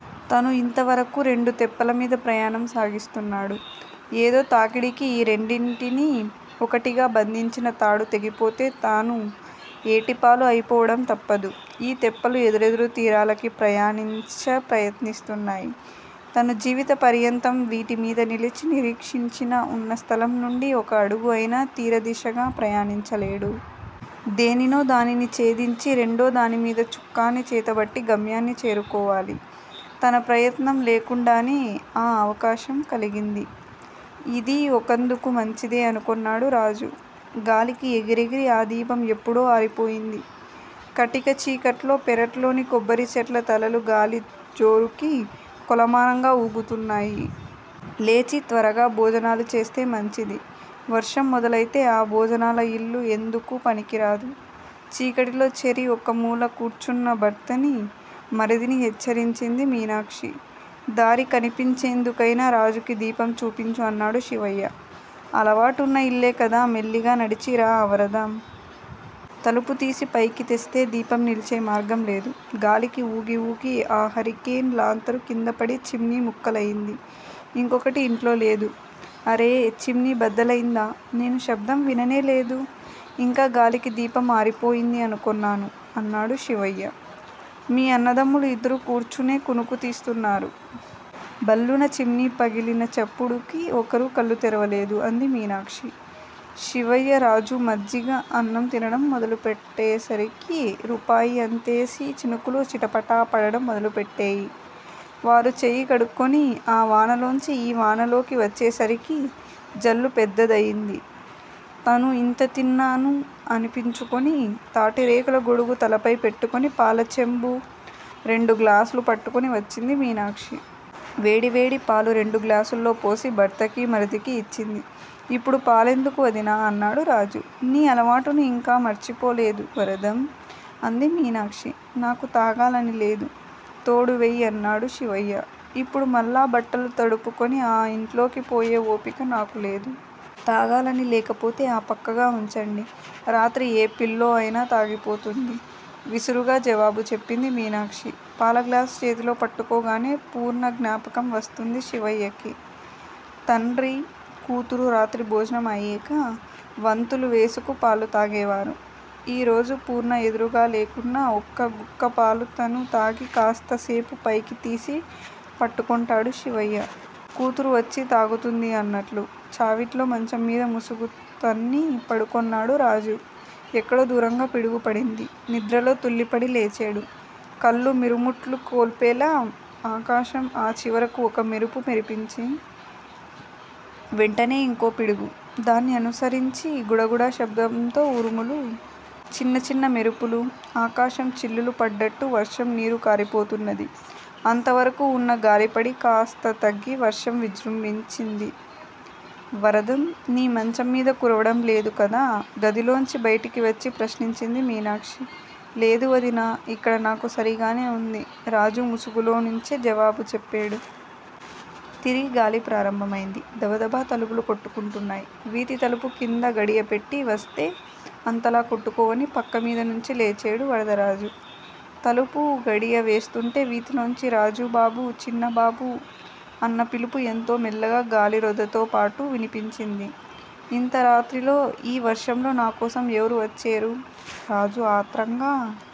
తను ఇంతవరకు రెండు తెప్పలమీద ప్రయాణం సాగిస్తున్నాడు. ఏదో తాకిడికి ఈ రెండింటిని ఒకటిగా బంధించిన తాడు తెగిపోతే తను ఏటిపాలు అయిపోవడం తప్పదు. ఈ తెప్పలు ఎదురెదురు తీరాలకి ప్రయాణించ ప్రయత్నిస్తున్నాయి. తను జీవిత పర్యంతం వీటిమీద నిలచి నిరీక్షించినా ఉన్న స్థలంనుండి ఒక అడుగు అయినా తీరదిశగా ప్రయాణించలేడు. దేనినో దానిని ఛేదించి రెండో దానిమీద చుక్కాని చేతబట్టి గమ్యాన్ని చేరుకోవాలి. తన ప్రయత్నం లేకుండానే ఆ అవకాశం కలిగింది. ఇదీ ఒకందుకు మంచిదే అనుకొన్నాడు రాజు. గాలికి ఎగిరి ఎగిరి ఆ దీపం ఎప్పుడో ఆరిపోయింది. కటిక చీకట్లో పెరట్లోని కొబ్బరిచెట్ల తలలు గాలి జోరుకి కొలమానంగా ఊగుతున్నాయి. లేచి త్వరగా భోజనాలుచేస్తే మంచిది. వర్షం మొదలయితే ఆ భోజనాల ఇల్లు ఎందుకూ పనికిరాదు. చీకటిలో చెరి ఒకమూల కూర్చున్న భర్తని, మరిదిని హెచ్చరించింది మీనాక్షి. దారి కనిపించేందుకైనా రాజుకి దీపం చూపించు అన్నాడు శివయ్య. అలవాటున్న ఇల్లే కదా! మెల్లిగా నడిచి రా, వరదం! తలుపు తీసి పైకి తెస్తే దీపం నిలిచే మార్గంలేదు. గాలికి ఊగిఊగి ఆ హరికేన్ లాంతరు కిందపడి చిమ్నీ ముక్కలయింది. ఇంకొకటి ఇంట్లో లేదు. అరే, చిమ్నీ బద్దలయిందా? నేను శబ్దం విననేలేదు, ఇంకా గాలికి దీపం ఆరిపోయింది అనుకొన్నాను అన్నాడు శివయ్య. మీ అన్నదమ్ములు ఇద్దరూ కూర్చునే కునుకు తీస్తున్నారు. భళ్లున చిమ్నీ పగిలిన చప్పుడుకి ఒకరూ కళ్ళు తెరవలేదు అంది మీనాక్షి. శివయ్య, రాజు మజ్జిగ అన్నం తినడం మొదలు పెట్టేసరికి రూపాయి అంతేసి చినుకులు చిటపటా పడడం మొదలుపెట్టేయి. వారు చెయ్యి కడుక్కొని ఆ వానలోంచి ఈ వానలోకి వచ్చేసరికి జల్లు పెద్దదయింది. తనూ ఇంత తిన్నాను అనిపించుకొని, తాటిరేకుల గొడుగు తలపై పెట్టుకొని పాలచెంబు, రెండు గ్లాసులు పట్టుకొని వచ్చింది మీనాక్షి. వేడివేడి పాలు రెండు గ్లాసుల్లోపోసి భర్తకి, మరిదికి ఇచ్చింది. ఇప్పుడు పాలెందుకు, వదినా? అన్నాడు రాజు. నీ అలవాటుని ఇంకా మరిచిపోలేదు, వరదం! అంది మీనాక్షి. నాకు తాగాలనిలేదు. తోడువెయ్యి అన్నాడు శివయ్య. ఇప్పుడు మళ్ళా బట్టలు తడుపుకొని ఆ ఇంట్లోకి పోయే ఓపిక నాకులేదు. తాగాలని లేకపోతే ఆ పక్కగా ఉంచండి. రాత్రి ఏ పిల్లో అయినా తాగిపోతుంది. విసురుగా జవాబు చెప్పింది మీనాక్షి. పాల గ్లాసు చేతిలో పట్టుకోగానే పూర్ణ జ్ఞాపకం వస్తుంది శివయ్యకి. తండ్రి, కూతురు రాత్రి భోజనం అయేక వంతులు వేసుకు పాలు తాగేవారు. ఈ రోజు పూర్ణ ఎదురుగా లేకున్నా ఒక్క గుక్క పాలు తను తాగి కాస్త సేపు పైకి తీసి పట్టుకొంటాడు శివయ్య. కూతురు వచ్చి తాగుతుంది అన్నట్లు. చావిట్లో మంచంమీద ముసుగుతన్ని పడుకొన్నాడు రాజు. ఎక్కడో దూరంగా పిడుగు పడింది. నిద్రలో తుళ్ళిపడి లేచేడు, కళ్ళు మిరుముట్లు కొల్పేలా ఆకాశం ఆ చివరకు ఒక మెరుపు మెరిపించి, వెంటనే ఇంకో పిడుగు. దాన్ని అనుసరించి గుడగుడ శబ్దంతో ఉరుములు. చిన్న చిన్న మెరుపులు. ఆకాశం చిల్లులు పడ్డట్లు వర్షం నీరుకారిపోతున్నది. అంతవరకు ఉన్న గాలిపడి కాస్త తగ్గి వర్షం విజృంభించింది. వరదం, నీ మంచంమీద కురవడంలేదు కదా? గదిలోంచి బయటికి వచ్చి ప్రశ్నించింది మీనాక్షి. లేదు వదినా, ఇక్కడ నాకు సరిగానే వుంది. రాజు ముసుగులోనించే జవాబు చెప్పేడు. తిరిగి గాలి ప్రారంభమయింది. దబదబా తలుపులు కొట్టుకొంటున్నాయి. వీథి తలుపు కింది గడియపెట్టి వస్తే అంతలా కొట్టుకోవని పక్కమీదనుంచి లేచేడు వరదరాజు. తలుపు గడియ వేస్తూంటే వీథిలోంచి రాజుబాబూ చిన్నబాబూ! అన్న పిలుపు ఎంతో మెల్లగా గాలి రొదతోపాటు వినిపించింది. ఇంత రాత్రిలో ఈ వర్షంలో నాకోసం ఎవరు వచ్చేరు? రాజు ఆత్రంగా